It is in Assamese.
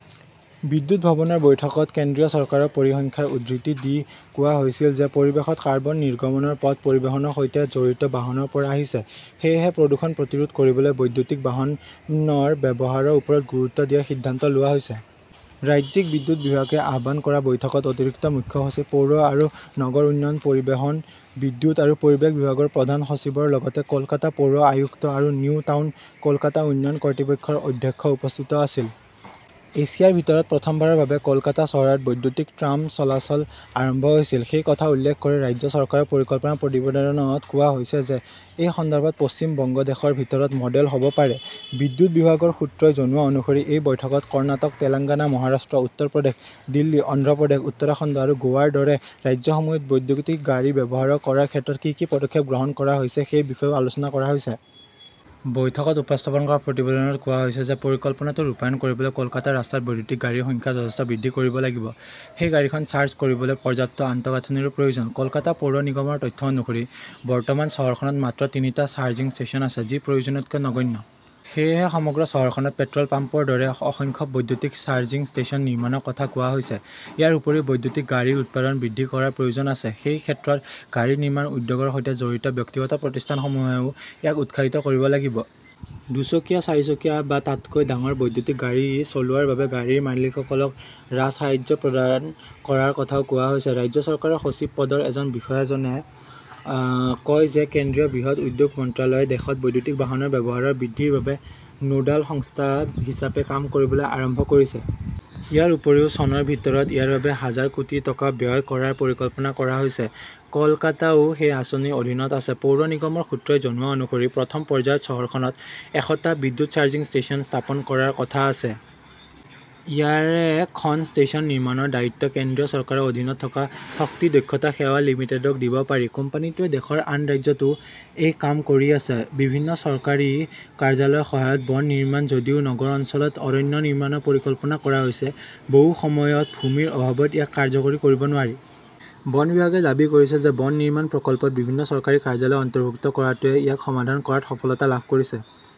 বিদ্যুৎ ভৱনৰ বৈঠকত কেন্দ্ৰীয় চৰকাৰৰ পৰিসংখ্যাৰ উদ্ধৃতি দি কোৱা হৈছিল যে পৰিৱেশত কাৰ্বন নিৰ্গমনৰ পথ পৰিবহণৰ সৈতে জড়িত বাহনৰ পৰা আহিছে। সেয়েহে প্ৰদূষণ প্ৰতিৰোধ কৰিবলৈ বৈদ্যুতিক বাহনৰ ব্যৱহাৰৰ ওপৰত গুৰুত্ব দিয়াৰ সিদ্ধান্ত লোৱা হৈছে। ৰাজ্যিক বিদ্যুৎ বিভাগে আহ্বান কৰা বৈঠকত অতিৰিক্ত মুখ্য সচিব, পৌৰ আৰু নগৰ উন্নয়ন, পৰিবহণ, বিদ্যুৎ আৰু পৰিৱেশ বিভাগৰ প্ৰধান সচিবৰ লগতে কলকাতা পৌৰ আয়ুক্ত আৰু নিউ টাউন কলকাতা উন্নয়ন কৰ্তৃপক্ষৰ অধ্যক্ষ উপস্থিত আছিল। এছিয়াৰ ভিতৰত প্ৰথমবাৰৰ বাবে কলকাতা চহৰত বৈদ্যুতিক ট্ৰাম চলাচল আৰম্ভ হৈছিল। সেই কথা উল্লেখ কৰি ৰাজ্য চৰকাৰৰ পৰিকল্পনা প্ৰতিবেদনত কোৱা হৈছে যে এই সন্দৰ্ভত পশ্চিম বংগ দেশৰ ভিতৰত 'মডেল হব পাৰে। বিদ্যুৎ বিভাগৰ সূত্ৰই জনোৱা অনুসৰি এই বৈঠকত কৰ্ণাটক, তেলেংগানা, মহাৰাষ্ট্ৰ, উত্তৰ প্ৰদেশ, দিল্লী, অন্ধ্ৰ প্ৰদেশ, উত্তৰাখণ্ড আৰু গোৱাৰ দৰে ৰাজ্যসমূহত বৈদ্যুতিক গাড়ী ব্যৱহাৰ কৰাৰ ক্ষেত্ৰত কি কি পদক্ষেপ গ্ৰহণ কৰা হৈছে সেই বিষয়েও আলোচনা কৰা হয়। বৈঠকত উপস্থাপন কৰা প্ৰতিবেদনত কোৱা হৈছে যে পৰিকল্পনাটো ৰূপায়ণ কৰিবলৈ কলকাতাৰ ৰাস্তাত বৈদ্যুতিক গাড়ীৰ সংখ্যা যথেষ্ট বৃদ্ধি কৰিব লাগিব। সেই গাড়ীখন চাৰ্জ কৰিবলৈ পৰ্যাপ্ত আন্তঃগাঁথনিৰো প্ৰয়োজন। কলকাতা পৌৰ নিগমৰ তথ্য অনুসৰি, বৰ্তমান চহৰখনত মাত্ৰ তিনিটা চাৰ্জিং ষ্টেচন আছে, যি প্ৰয়োজনতকৈ নগণ্য। সেয়েহে সমগ্ৰ চহৰখনত পেট্ৰল পাম্পৰ দৰে অসংখ্য বৈদ্যুতিক চাৰ্জিং ষ্টেচন নিৰ্মাণৰ কথা কোৱা হৈছে। ইয়াৰ উপৰিও বৈদ্যুতিক গাড়ীৰ উৎপাদন বৃদ্ধি কৰাৰ প্ৰয়োজন আছে। সেই ক্ষেত্ৰত, গাড়ী নিৰ্মাণ উদ্যোগৰ সৈতে জড়িত ব্যক্তিগত প্ৰতিষ্ঠানসমূহেও ইয়াক উৎসাহিত কৰিব লাগিব। দুচকীয়া, চাৰিচকীয়া বা তাতকৈ ডাঙৰ বৈদ্যুতিক গাড়ী চলোৱাৰ বাবে গাড়ীৰ মালিকসকলক ৰাজসাহায্য প্ৰদান কৰাৰ কথাও কোৱা হৈছে। ৰাজ্য চৰকাৰৰ সচিব পদৰ এজন বিষয়াজনে কয় যে কেন্দ্ৰীয় বৃহৎ উদ্যোগ মন্ত্ৰালয়ে দেশত বৈদ্যুতিক বাহনৰ ব্যৱহাৰ বৃদ্ধিৰ বাবে নোডাল সংস্থা হিচাপে কাম কৰিবলৈ আৰম্ভ কৰিছে। ইয়াৰ উপৰিও চনৰ ভিতৰত ইয়াৰ বাবে হাজাৰ কোটি টকা ব্যয় কৰাৰ পৰিকল্পনা কৰা হৈছে। কলকাতাও সেই আঁচনিৰ অধীনত আছে। পৌৰ নিগমৰ সূত্ৰই জনোৱা অনুসৰি প্ৰথম পৰ্যায়ত চহৰখনত এশ টা বিদ্যুৎ চাৰ্জিং ষ্টেচন স্থাপন কৰাৰ কথা আছে। ইয়াৰে খন ষ্টেচন নিৰ্মাণৰ দায়িত্ব কেন্দ্ৰীয় চৰকাৰৰ অধীনত থকা শক্তি দক্ষতা সেৱা লিমিটেডক দিব পাৰি। কোম্পানীটোৱে দেশৰ আন ৰাজ্যতো এই কাম কৰি আছে। বিভিন্ন চৰকাৰী কাৰ্যালয়ৰ সহায়ত বন নিৰ্মাণ যদিও নগৰ অঞ্চলত অৰণ্য নিৰ্মাণৰ পৰিকল্পনা কৰা হৈছে, বহু সময়ত ভূমিৰ অভাৱত ইয়াক কাৰ্যকৰী কৰিব নোৱাৰি। বন বিভাগে দাবী কৰিছে যে বন নিৰ্মাণ প্ৰকল্পত বিভিন্ন চৰকাৰী কাৰ্যালয় অন্তৰ্ভুক্ত কৰাটোৱে ইয়াক সমাধান কৰাত সফলতা লাভ কৰিছে।